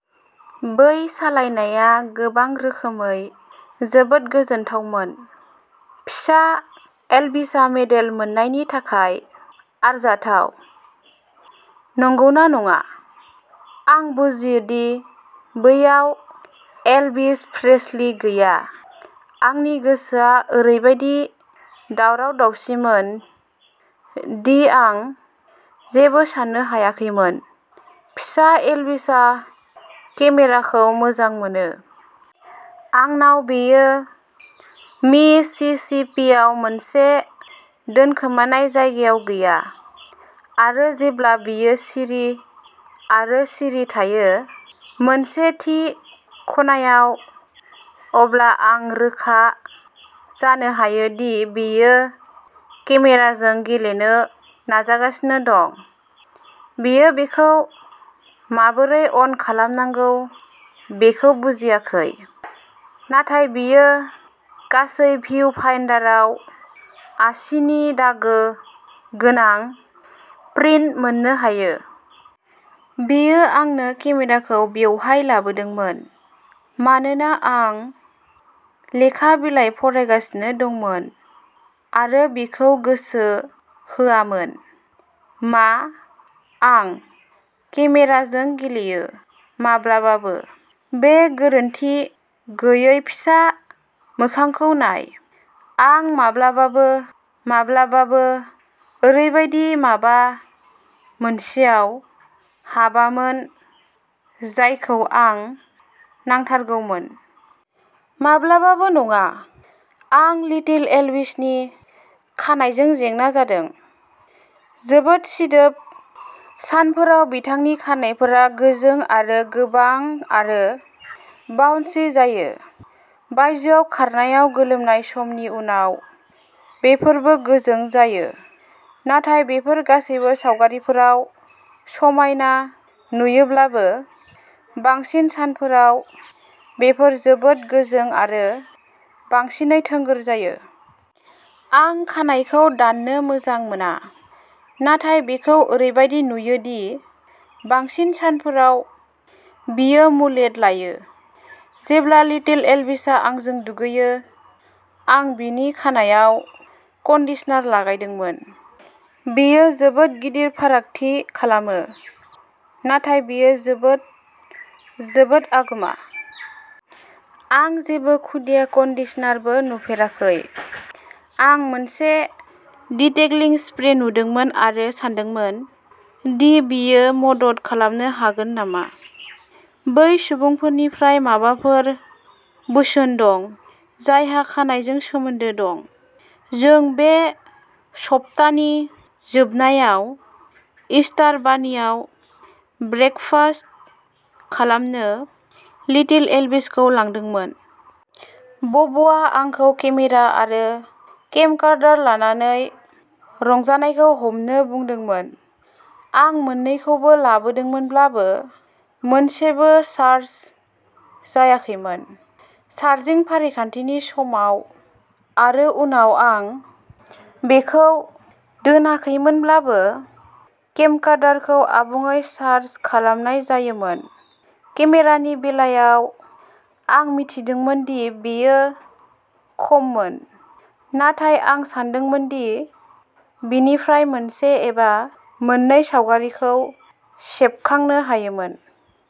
बै सालायनायआ गोबां रोखोमै जोबोद गोजोनथावमोन। फिसा एल्विसआ मेडेल मोन्नायनि थाखाय आरजाथाव, नंगौना नङा? आं बुजियो दि बैयाव एल्विस प्रेस्लि गैया। आंनि गोसोआ ओरैबादि दावराव-दावसिमोन दि आं जेबो साननो हायाखैमोन। फिसा एल्विसआ केमेराखौ मोजां मोनो। आंनाव बेयो मिसिसिपीआव मोनसे दोनखोमानाय जायगायाव गैया, आरो जेब्ला बियो सिरि आरो सिरि थायो। मोनसे थि खनायाव, अब्ला आं रोखा जानो हायो दि बियो केमेराजों गेलेनो नाजागासिनो दं। बियो बेखौ माबोरै अन खालामनांगौ बेखौ बुजियाखै, नाथाय बियो गासै भिउ-फाइन्डारआव आसिनि दागो गोनां प्रिन्ट मोननो हायो। बियो आंनो केमेराखौ बेवहाय लाबोदोंमोन मानोना आं लेखा बिलाइ फरायगासिनो दंमोन आरो बिखौ गोसो होआमोन। "मा? आं? केमेराजों गेलेयो? माब्लाबाबो!! बे गोरोनथि गैयै फिसा मोखांखौ नाय! आं माब्लाबाबो, माब्लाबाबो ओरैबायदि माबा मोनसेयाव हाबामोन जायखौ आं नांथारगौमोन। माब्लाबाबो नङा! " आं लिटिल एल्विसनि खानाइजों जेंना जादों। जोबोद सिदोब सानफोराव बिथांनि खानाइफोरा गोजों आरो गोबां आरो बाउन्सि जायो। बायजोआव खारनायाव गोलोमनाय समनि उनाव बेफोरबो गोजों जायो। नाथाय बेफोर गासैबो सावगारिफोराव समायना नुयोब्लाबो, बांसिन सानफोराव बेफोर जोबोद गोजों आरो बांसिनै थोंगोर जायो। आं खानाइखौ दाननो मोजां मोना, नाथाय बिखौ ओरैबादि नुयो दि बांसिन सानफोराव बियो मुलेट लायो। जेब्ला लिटिल एल्विसआ आंजों दुगैयो, आं बिनि खानाइआव कन्डिशनार लागायदोंमोन। बेयो जोबोद गिदिर फारागथि खालामो, नाथाय बेयो जोबोद, जोबोद आगोमा। आं जेबो खुदिया कन्डिशनारबो नुफेराखै। आं मोनसे डिटेंगलिं स्प्रे नुदोंमोन आरो सानदोंमोन दि बेयो मदद खालामनो हागोन नामा। बै सुबुंफोरनिफ्राय माबाफोर बोसोन दं जायहा खानाइजों सोमोन्दो दं? जों बे सप्तानि जोबनायाव इस्टार बानियाव ब्रेकफास्ट खालामनो लिटिल एल्विसखौ लादोंमोन। बबआ आंखौ केमेरा आरो केमकार्डार लानानै रंजानायखौ हमनो बुंदोंमोन। आं मोन्नैखौबो लाबोदोंमोनब्लाबो, मोनसेबो चार्ज जायाखैमोन। चार्जिं फारिखान्थिनि समाव आरो उनाव आं बेखौ दोनाखैमोनब्ला केमकार्डारखौ आबुङै चार्ज खालामनाय जायोमोन। केमेरानि बेलायाव, आं मिथिदोंमोन दि बेयो खममोन, नाथाय आं सानदोंमोन दि बेनिफ्राय मोनसे एबा मोननै सावगारिखौ सेबखांनो हायोमोन।